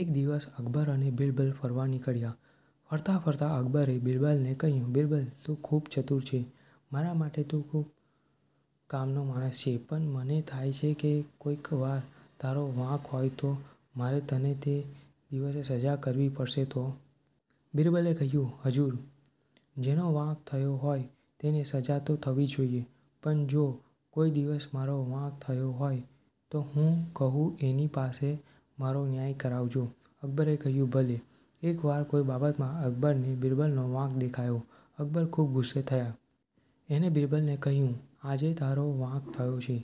એક દિવસ અકબર અને બીરબલ ફરવા નિકળ્યા. ફરતાં ફરતાં અકબરે બીરબલને કહ્યું, બીરબલ તું ખૂબ ચતુર છે. મારા માટે તું ખૂબ કામનો માણસ છે, પણ મને થાય છે કે કોઈ વાર તારો વાંક હોય તો, મારે તને તે દિવસે સજા કરવી પડશે તો? બીરબલે કહ્યું, હજુર! જેનો વાંક થયો હોય તેને સજા તો થવી જ જોઇએ. પણ જો કોઈ દિવસ મારો વાંક થયો હોય તો હું કહું એની પાસે મારો ન્યાય કરાવજો. અકબરે કહ્યું, ભલે. એક વાર કોઈ બાબતમાં અકબરને બીરબલનો વાંક દેખાયો, અકબર ખૂબ ગુસ્સે થયાં. એણે બીરબલને કહ્યું આજે તારો વાંક થયો છે.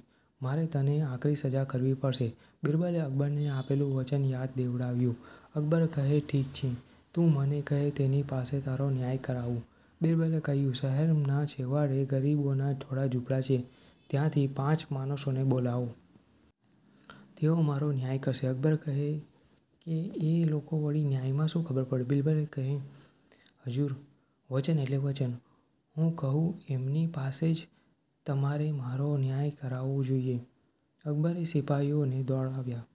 મારે તને આકરી સજા કરવી પડશે. બીરબલે અકબરને આપેલું વચન યાદ દેવડાવ્યું. અકબર કહે ઠીક છે, તું મને કહે તેની પાસે તારો ન્યાય કરાવું. બીરબલે કહ્યું શહેરનાં છેવાડે ગરીબોના થોડા ઝુંપડા છે ત્યાંથી પાંચ માણસોને બોલાવો. તેઓ મારો ન્યાય કરશે. અકબર કહે કે એ લોકોને વળી ન્યાયમાં શું ખબર પડે? બીરબલ કહે, હજુર! વચન એટલે વચન. હું કહું એમની પાસે જ તમારે મારો ન્યાય કરાવવો જોઈએ. અકબરે સિપાઈઓને દોડાવ્યાં.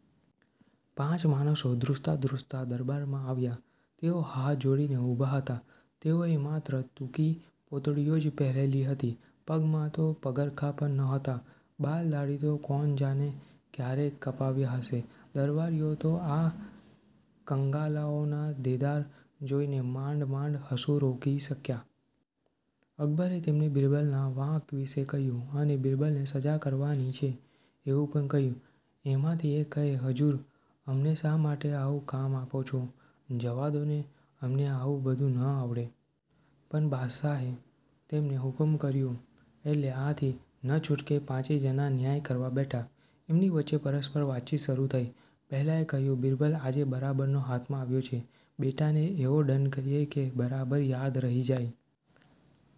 પાંચ માણસો ધ્રૂજતા ધ્રૂજતા દરબારમાં આવ્યાં. તેઓ હાથ જોડીને ઉભા હતા. તેઓએ માત્ર ટૂંકી પોતડીઓ જ પહેરેલી હતી. પગમાં તો પગરખા પણ ન હતાં. બાલ-દાઢી તો કોણ જાણે ક્યારે કપાવ્યાં હશે! દરબારીઓ તો આ કંગાલોના દેદાર જોઈને માંડ માંડ હસવું રોકી શકયાં. અકબરે તેમને બીરબલનાં વાંક વિશે કહ્યું અને બીરબલને સજા કરવાની છે એવું પણ કહ્યું. એમાંથી એક કહે, હજૂર અમને શા માટે આવું કામ આપો છો? જવા દો ને, અમને આવું બધું ન આવડે. પણ બાદશાહે તેમને હુકમ કર્યોં એટલે આથી નછૂટકે પાંચેય જણા ન્યાય કરવાં બેઠાં. એમની વચ્ચે પરસ્પર વાતચીત શરૂ થઈ. પહેલાએ કહ્યું- બીરબલ આજે બરાબરનો હાથમાં આવ્યો છે, બેટાને એવો દંડ કરીએ કે બરાબર યાદ રહી જાય!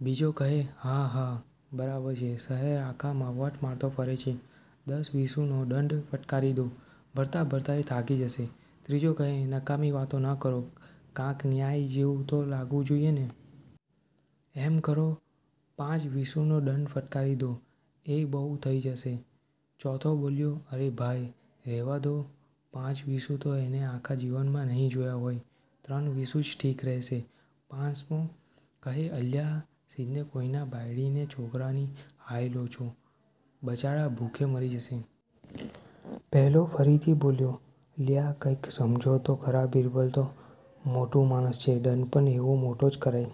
બીજો કહે હા, હા, બરાબર છે, શહેર આખામાં વટ મારતો ફરે છે, દસ વીશુંનો દંડ ફટકારી દો. ભરતાં ભરતાં એ થાકી જશે. ત્રીજો કહે, નકામી વાતો ના કરો, કાંક ન્યાય જેવું તો લાગવું જોઈએ ને? એમ કરો, પાંચ વીશુંનો દંડ ફટકારી દો. એય બહુ થઈ જશે. ચોથો બોલ્યો અરે ભાઇ રે'વા દો, પાંચ વીશું તો એણે આખા જીવનમાં નહીં જોયા હોય. ત્રણ વીશું જ ઠીક રહેશે. પાંચમો કહે, અલ્યાં શીદને કોઈના બાયડી ને છોકરાની હાય લો છો, બચાડા ભૂખે મરી જશે. પહેલો ફરીથી બોલ્યો લ્યાં કંઈક સમજો તો ખરા! બીરબલ તો મોટું માણસ છે, દંડ પણ એવો મોટો જ કરાય